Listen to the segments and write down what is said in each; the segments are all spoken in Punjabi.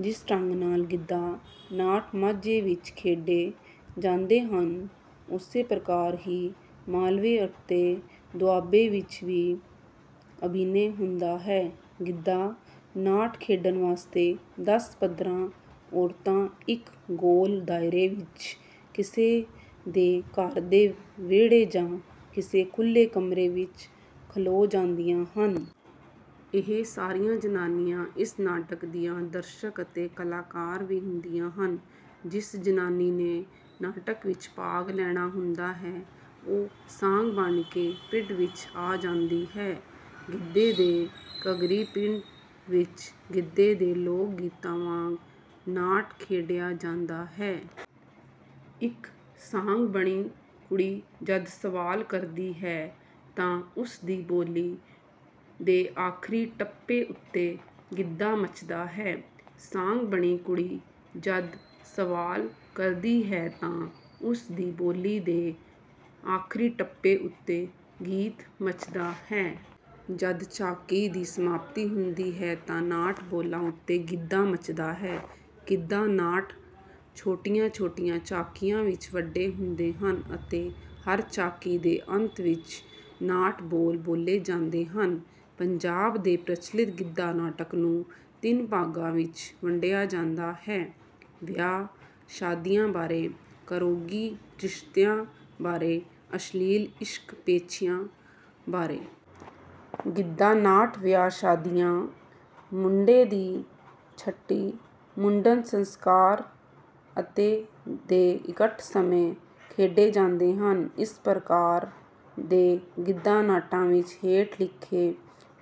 ਜਿਸ ਢੰਗ ਨਾਲ ਗਿੱਧਾ ਨਾਟ ਮਾਝੇ ਵਿੱਚ ਖੇਡੇ ਜਾਂਦੇ ਹਨ, ਉਸੇ ਪ੍ਰਕਾਰ ਹੀ ਮਾਲਵੇ ਅਤੇ ਦੁਆਬੇ ਵਿੱਚ ਵੀ ਅਭਿਨੈ ਹੁੰਦਾ ਹੈ। ਗਿੱਧਾ ਨਾਟ ਖੇਡਣ ਵਾਸਤੇ ਦਸ ਪੰਦਰਾਂ ਔਰਤਾਂ ਇੱਕ ਗੋਲ ਦਾਇਰੇ ਵਿੱਚ ਕਿਸੇ ਦੇ ਘਰ ਦੇ ਵਿਹੜੇ ਜਾਂ ਕਿਸੇ ਖੁੱਲ੍ਹੇ ਕਮਰੇ ਵਿੱਚ ਖਲੋ ਜਾਂਦੀਆਂ ਹਨ। ਇਹ ਸਾਰੀਆਂ ਜ਼ਨਾਨੀਆਂ ਇਸ ਨਾਟਕ ਦੀਆਂ ਦਰਸ਼ਕ ਅਤੇ ਕਲਾਕਾਰ ਵੀ ਹੁੰਦੀਆਂ ਹਨ। ਜਿਸ ਜ਼ਨਾਨੀ ਨੇ ਨਾਟਕ ਵਿੱਚ ਭਾਗ ਲੈਣਾ ਹੁੰਦਾ ਹੈ, ਉਹ ਸਾਂਗ ਬਣ ਕੇ ਪਿੜ ਵਿੱਚ ਆ ਜਾਂਦੀ ਹੈ। ਗਿੱਧੇ ਦੇ ਘੱਗਰੀ ਪਿੜ ਵਿੱਚ ਗਿੱਧੇ ਦੇ ਲੋਕ ਗੀਤਾਂ ਵਾਂਗ ਨਾਟ ਖੇਡਿਆ ਜਾਂਦਾ ਹੈ। ਇੱਕ ਸਾਂਗ ਬਣੀ ਕੁੜੀ ਜਦ ਸਵਾਲ ਕਰਦੀ ਹੈ ਤਾਂ ਉਸ ਦੀ ਬੋਲੀ ਦੇ ਆਖ਼ਰੀ ਟੱਪੇ ਉੱਤੇ ਗਿੱਧਾ ਮੱਚਦਾ ਹੈ। ਸਾਂਗ ਬਣੀ ਕੁੜੀ ਜਦ ਸਵਾਲ ਕਰਦੀ ਹੈ ਤਾਂ ਉਸ ਦੀ ਬੋਲੀ ਦੇ ਆਖ਼ਰੀ ਟੱਪੇ ਉੱਤੇ ਗੀਤ ਮੱਚਦਾ ਹੈ। ਜਦ ਝਾਕੀ ਦੀ ਸਮਾਪਤੀ ਹੁੰਦੀ ਹੈ ਤਾਂ 'ਨਾਟ ਬੋਲਾਂ' ਉੱਤੇ ਗਿੱਧਾ ਮੱਚਦਾ ਹੈ। ਗਿੱਧਾ ਨਾਟ ਛੋਟੀਆਂ-ਛੋਟੀਆਂ ਝਾਕੀਆਂ ਵਿੱਚ ਵੰਡੇ ਹੁੰਦੇ ਹਨ ਅਤੇ ਹਰ ਝਾਕੀ ਦੇ ਅੰਤ ਵਿੱਚ 'ਨਾਟ ਬੋਲ' ਬੋਲੇ ਜਾਂਦੇ ਹਨ। ਪੰਜਾਬ ਦੇ ਪ੍ਰਚੱਲਿਤ ਗਿੱਧਾ ਨਾਟਕ ਨੂੰ ਤਿੰਨ ਭਾਗਾਂ ਵਿੱਚ ਵੰਡਿਆ ਜਾਂਦਾ ਹੈ: ਵਿਆਹ ਸ਼ਾਦੀਆਂ ਬਾਰੇ, ਘਰੋਗੀ ਰਿਸ਼ਤਿਆਂ ਬਾਰੇ, ਅਸ਼ਲੀਲ ਇਸ਼ਕ ਪੇਚਿਆਂ ਬਾਰੇ। ਗਿੱਧਾ ਨਾਟ ਵਿਆਹ ਸ਼ਾਦੀਆਂ, ਮੁੰਡੇ ਦੀ ਛਟੀ, ਮੁੰਡਨ ਸੰਸਕਾਰ ਅਤੇ ਦੇ ਇਕੱਠ ਸਮੇਂ ਖੇਡੇ ਜਾਂਦੇ ਹਨ। ਇਸ ਪ੍ਰਕਾਰ ਦੇ ਗਿੱਧਾ ਨਾਟਾਂ ਵਿੱਚ ਹੇਠ ਲਿਖੇ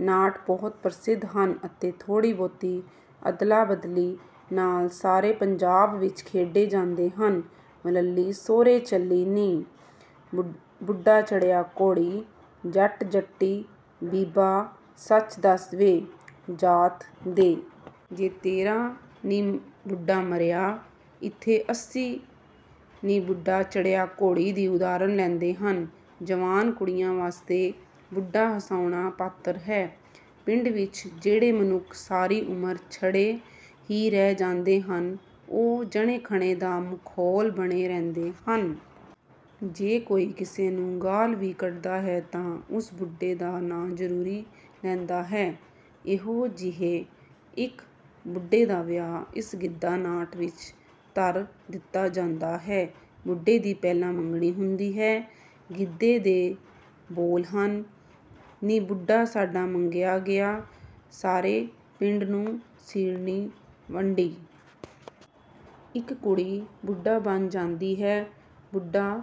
ਨਾਟ ਬਹੁਤ ਪ੍ਰਸਿੱਧ ਹਨ ਅਤੇ ਥੋੜ੍ਹੀ-ਬਹੁਤੀ ਅਦਲਾ-ਬਦਲੀ ਨਾਲ ਸਾਰੇ ਪੰਜਾਬ ਵਿੱਚ ਖੇਡੇ ਜਾਂਦੇ ਹਨ: ਵਲੱਲੀ ਸਹੁਰੇ ਚੱਲੀ ਨੀ, ਬੁੱਢਾ ਚੜ੍ਹਿਆ ਘੋੜੀ, ਜੱਟ ਜੱਟੀ ਬੀਬਾ ਸੱਚ ਦੱਸ ਵੇ, ਜਾਤ ਦੇ। ਜੇ ਤੇਰਾ ਨੀ ਬੁੱਢਾ ਮਰਿਆ। ਇੱਥੇ ਅਸੀਂ 'ਨੀ ਬੁੱਢਾ ਚੜ੍ਹਿਆ ਘੋੜੀ' ਦੀ ਉਦਾਹਰਨ ਲੈਂਦੇ ਹਾਂ। ਜਵਾਨ ਕੁੜੀਆਂ ਵਾਸਤੇ ਬੁੱਢਾ ਹਸਾਉਣਾ ਪਾਤਰ ਹੈ। ਪਿੰਡ ਵਿੱਚ ਜਿਹੜੇ ਮਨੁੱਖ ਸਾਰੀ ਉਮਰ ਛੜੇ ਹੀ ਰਹਿ ਜਾਂਦੇ ਹਨ, ਉਹ ਜਣੇ-ਖਣੇ ਦਾ ਮਖ਼ੌਲ ਬਣੇ ਰਹਿੰਦੇ ਹਨ। ਜੇ ਕੋਈ ਕਿਸੇ ਨੂੰ ਗਾਲ੍ਹ ਵੀ ਕੱਢਦਾ ਹੈ ਤਾਂ ਉਸ ਬੁੱਢੇ ਦਾ ਨਾਂ ਜ਼ਰੂਰੀ ਲੈਂਦਾ ਹੈ। ਇਹੋ ਜਿਹੇ ਇੱਕ ਬੁੱਢੇ ਦਾ ਵਿਆਹ ਇਸ ਗਿੱਧਾ ਨਾਟ ਵਿੱਚ ਧਰ ਦਿੱਤਾ ਜਾਂਦਾ ਹੈ। ਬੁੱਢੇ ਦੀ ਪਹਿਲਾਂ ਮੰਗਣੀ ਹੁੰਦੀ ਹੈ, ਗਿੱਧੇ ਦੇ ਬੋਲ ਹਨ: "ਨੀ ਬੁੱਢਾ ਸਾਡਾ ਮੰਗਿਆ ਗਿਆ, ਸਾਰੇ ਪਿੰਡ ਨੂੰ ਸ਼ੀਰਨੀ ਵੰਡੀ।" ਇੱਕ ਕੁੜੀ ਬੁੱਢਾ ਬਣ ਜਾਂਦੀ ਹੈ। ਬੁੱਢਾ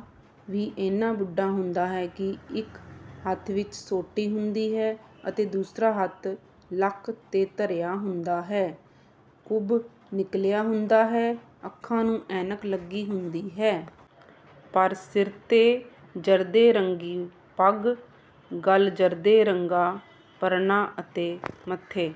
ਵੀ ਏਨਾ ਬੁੱਢਾ ਹੁੰਦਾ ਹੈ ਕਿ ਇੱਕ ਹੱਥ ਵਿੱਚ ਸੋਟੀ ਹੁੰਦੀ ਹੈ ਅਤੇ ਦੂਸਰਾ ਹੱਥ ਲੱਕ ਤੇ ਧਰਿਆ ਹੁੰਦਾ ਹੈ। ਕੁੱਬ ਨਿਕਲਿਆ ਹੁੰਦਾ ਹੈ, ਅੱਖਾਂ ਨੂੰ ਐਨਕ ਲੱਗੀ ਹੁੰਦੀ ਹੈ। ਪਰ ਸਿਰ ਤੇ ਜਰਦੇ ਰੰਗੀ ਪੱਗ, ਗਲ ਜਰਦੇ ਰੰਗਾ ਪਰਨਾ ਅਤੇ ਮੱਥੇ